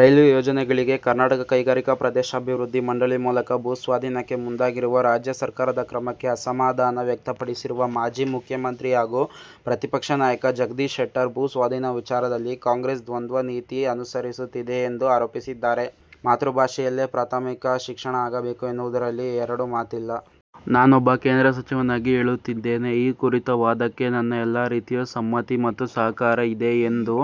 Railway ಯೋಜನೆಗಳಿಗೆ ಕರ್ನಾಟಕ ಕೈಗಾರಿಕಾ ಪ್ರದೇಶಾಭಿವೃದ್ಧಿ ಮಂಡಳಿ ಮೂಲಕ ಭೂಸ್ವಾಧೀನಕ್ಕೆ ಮುಂದಾಗಿರುವ ರಾಜ್ಯ ಸರ್ಕಾರದ ಕ್ರಮಕ್ಕೆ ಅಸಮಾಧಾನ ವ್ಯಕ್ತಪಡಿಸಿರುವ ಮಾಜಿ ಮುಖ್ಯಮಂತ್ರಿ ಹಾಗೂ ಪ್ರತಿಪಕ್ಷ ನಾಯಕ ಜಗದೀಶ್ ಶೆಟ್ಟರ್ ಭೂಸ್ವಾಧೀನ ವಿಚಾರದಲ್ಲಿ ಕಾಂಗ್ರೆಸ್ ದ್ವಂದ್ವ ನೀತಿ ಅನುಸರಿಸುತ್ತಿದೆ ಎಂದು ಆರೋಪಿಸಿದ್ದಾರೆ. "ಮಾತೃಭಾಷೆಯಲ್ಲೇ ಪ್ರಾಥಮಿಕ ಶಿಕ್ಷಣ ಆಗಬೇಕು ಎನ್ನುವುದರಲ್ಲಿ ಎರಡು ಮಾತಿಲ್ಲ. ನಾನೊಬ್ಬ ಕೇಂದ್ರ ಸಚಿವನಾಗಿ ಹೇಳುತ್ತಿದ್ದೇನೆ. ಈ ಕುರಿತ ವಾದಕ್ಕೆ ನನ್ನ ಎಲ್ಲ ರೀತಿಯ ಸಮ್ಮತಿ ಮತ್ತು ಸಹಕಾರ ಇದೆ' ಎಂದು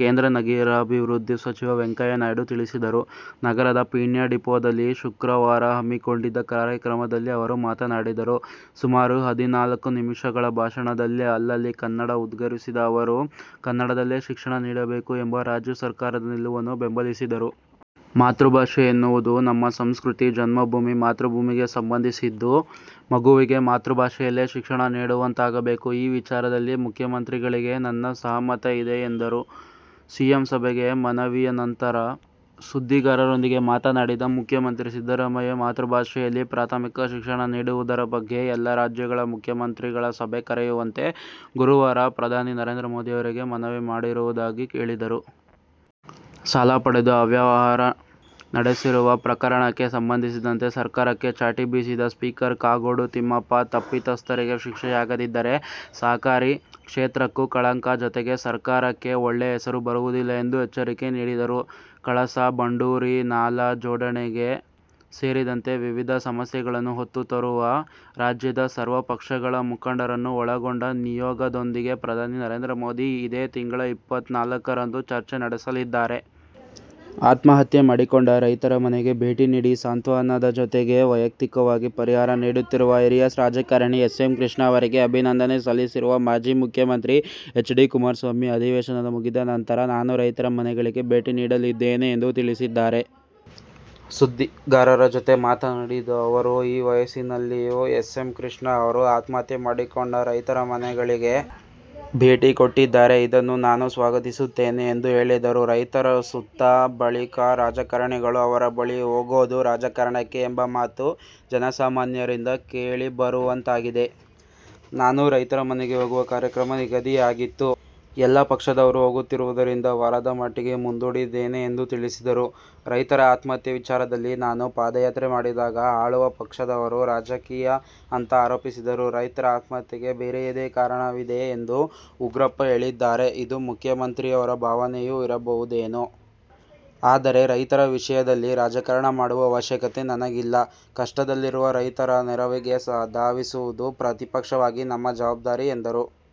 ಕೇಂದ್ರ ನಗರಾಭಿವೃದ್ಧಿ ಸಚಿವ ವೆಂಕಯ್ಯನಾಯ್ಡು ತಿಳಿಸಿದರು. ನಗರದ ಪೀಣ್ಯ ಡಿಪೋದಲ್ಲಿ ಶುಕ್ರವಾರ ಹಮ್ಮಿಕೊಂಡಿದ್ದ ಕಾರ್ಯಕ್ರಮದಲ್ಲಿ ಅವರು ಮಾತನಾಡಿದರು. ಸುಮಾರು ಹದಿನಾಲ್ಕು ನಿಮಿಷಗಳ ಭಾಷಣದಲ್ಲಿ ಅಲ್ಲಲ್ಲಿ ಕನ್ನಡ ಉದ್ಗರಿಸಿದ ಅವರು, ಕನ್ನಡದಲ್ಲೇ ಶಿಕ್ಷಣ ನೀಡಬೇಕು ಎಂಬ ರಾಜ್ಯ ಸರ್ಕಾರದ ನಿಲುವನ್ನು ಬೆಂಬಲಿಸಿದರು. ಮಾತೃಭಾಷೆ ಎನ್ನುವುದು ನಮ್ಮ ಸಂಸ್ಕೃತಿ, ಜನ್ಮಭೂಮಿ, ಮಾತೃಭೂಮಿಗೆ ಸಂಬಂಧಿಸಿದ್ದು. ಮಗುವಿಗೆ ಮಾತೃಭಾಷೆಯಲ್ಲೇ ಶಿಕ್ಷಣ ನೀಡುವಂತಾಗಬೇಕು. ಈ ವಿಚಾರದಲ್ಲಿ ಮುಖ್ಯಮಂತ್ರಿಗಳಿಗೆ ನನ್ನ ಸಹಮತ ಇದೆ ಎಂದರು. ಸಿಎಂ ಸಭೆಗೆ ಮನವಿಯ ನಂತರ ಸುದ್ದಿಗಾರರೊಂದಿಗೆ ಮಾತನಾಡಿದ ಮುಖ್ಯಮಂತ್ರಿ ಸಿದ್ದರಾಮಯ್ಯ, ಮಾತೃಭಾಷೆಯಲ್ಲಿ ಪ್ರಾಥಮಿಕ ಶಿಕ್ಷಣ ನೀಡುವುದರ ಬಗ್ಗೆ ಎಲ್ಲ ರಾಜ್ಯಗಳ ಮುಖ್ಯಮಂತ್ರಿಗಳ ಸಭೆ ಕರೆಯುವಂತೆ ಗುರುವಾರ ಪ್ರಧಾನಿ ನರೇಂದ್ರ ಮೋದಿ ಅವರಿಗೆ ಮನವಿ ಮಾಡಿರುವುದಾಗಿ ಹೇಳಿದರು. ಸಾಲ ಪಡೆದು ಅವ್ಯವಹಾರ ನಡೆಸಿರುವ ಪ್ರಕರಣಕ್ಕೆ ಸಂಬಂಧಿಸಿದಂತೆ ಸರ್ಕಾರಕ್ಕೆ ಚಾಟಿ ಬೀಸಿದ ಸ್ಪೀಕರ್ ಕಾಗೋಡು ತಿಮ್ಮಪ್ಪ, ತಪ್ಪಿತಸ್ಥರಿಗೆ ಶಿಕ್ಷೆಯಾಗದಿದ್ದರೆ ಸಹಕಾರಿ ಕ್ಷೇತ್ರಕ್ಕೂ ಕಳಂಕ ಜತೆಗೆ ಸರ್ಕಾರಕ್ಕೆ ಒಳ್ಳೆ ಹೆಸರು ಬರುವುದಿಲ್ಲ ಎಂದು ಎಚ್ಚರಿಕೆ ನೀಡಿದರು. ಕಳಸಾ- ಬಂಡೂರಿ ನಾಲಾ ಜೋಡಣೆ ಸೇರಿದಂತೆ ವಿವಿಧ ಸಮಸ್ಯೆಗಳನ್ನು ಹೊತ್ತು ತರುವ ರಾಜ್ಯದ ಸರ್ವಪಕ್ಷಗಳ ಮುಖಂಡರನ್ನು ಒಳಗೊಂಡ ನಿಯೋಗದೊಂದಿಗೆ ಪ್ರಧಾನಿ ನರೇಂದ್ರ ಮೋದಿ ಇದೇ ತಿಂಗಳ ಇಪ್ಪತ್ತ ನಾಲ್ಕರಂದು ಚರ್ಚೆ ನಡೆಸಲಿದ್ದಾರೆ. ಆತ್ಮಹತ್ಯೆ ಮಾಡಿಕೊಂಡ ರೈತರ ಮನೆಗೆ ಭೇಟಿ ನೀಡಿ ಸಾಂತ್ವನದ ಜತೆಗೆ ವೈಯಕ್ತಿಕವಾಗಿ ಪರಿಹಾರ ನೀಡುತ್ತಿರುವ ಹಿರಿಯ ರಾಜಕಾರಣಿ ಎಸ್. ಎಂ. ಕೃಷ್ಣ ಅವರಿಗೆ ಅಭಿನಂದನೆ ಸಲ್ಲಿಸಿರುವ ಮಾಜಿ ಮುಖ್ಯಮಂತ್ರಿ ಎಚ್. ಡಿ. ಕುಮಾರಸ್ವಾಮಿ ಅಧಿವೇಶನ ಮುಗಿದ ನಂತರ ನಾನೂ ರೈತರ ಮನೆಗಳಿಗೆ ಭೇಟಿ ನೀಡಲಿದ್ದೇನೆ ಎಂದು ತಿಳಿಸಿದ್ದಾರೆ. ಸುದ್ದಿಗಾರರ ಜತೆ ಮಾತನಾಡಿದ ಅವರು ಈ ವಯಸ್ಸಿನಲ್ಲಿಯೂ ಎಸ್. ಎಂ. ಕೃಷ್ಣ ಅವರು ಆತ್ಮಹತ್ಯೆ ಮಾಡಿಕೊಂಡ ರೈತರ ಮನೆಗಳಿಗೆ ಭೇಟಿ ಕೊಟ್ಟಿದ್ದಾರೆ. ಇದನ್ನು ನಾನು ಸ್ವಾಗತಿಸುತ್ತೇನೆ ಎಂದು ಹೇಳಿದರು. ರೈತರು ಸತ್ತ ಬಳಿಕ ರಾಜಕಾರಣಿಗಳು ಅವರ ಬಳಿ ಹೋಗೋದು ರಾಜಕಾರಣಕ್ಕೆ ಎಂಬ ಮಾತು ಜನಸಾಮಾನ್ಯರಿಂದ ಕೇಳಿಬರುವಂತಾಗಿದೆ. ನಾನೂ ರೈತರ ಮನೆಗೆ ಹೋಗುವ ಕಾರ್ಯಕ್ರಮ ನಿಗದಿಯಾಗಿತ್ತು. ಎಲ್ಲ ಪಕ್ಷದವರು ಹೋಗುತ್ತಿರುವುದರಿಂದ ವಾರದ ಮಟ್ಟಿಗೆ ಮುಂದೂಡಿದ್ದೇನೆ ಎಂದು ತಿಳಿಸಿದರು. ರೈತರ ಆತ್ಮಹತ್ಯೆ ವಿಚಾರದಲ್ಲಿ ನಾನು ಪಾದಯಾತ್ರೆ ಮಾಡಿದಾಗ ಆಳುವ ಪಕ್ಷದವರು ರಾಜಕೀಯ ಅಂತ ಆರೋಪಿಸಿದರು. ರೈತರ ಆತ್ಮಹತ್ಯೆಗೆ ಬೇರೆಯದೇ ಕಾರಣವಿದೆ ಎಂದು ಉಗ್ರಪ್ಪ ಹೇಳಿದ್ದಾರೆ. ಇದು ಮುಖ್ಯಮಂತ್ರಿಯವರ ಭಾವನೆಯೂ ಇರಬಹುದೇನೋ. ಆದರೆ, ರೈತರ ವಿಷಯದಲ್ಲಿ ರಾಜಕಾರಣ ಮಾಡುವ ಅವಶ್ಯಕತೆ ನನಗಿಲ್ಲ. ಕಷ್ಟದಲ್ಲಿರುವ ರೈತರ ನೆರವಿಗೆ ಧಾವಿಸುವುದು ಪ್ರತಿಪಕ್ಷವಾಗಿ ನಮ್ಮ ಜವಾಬ್ದಾರಿ ಎಂದರು.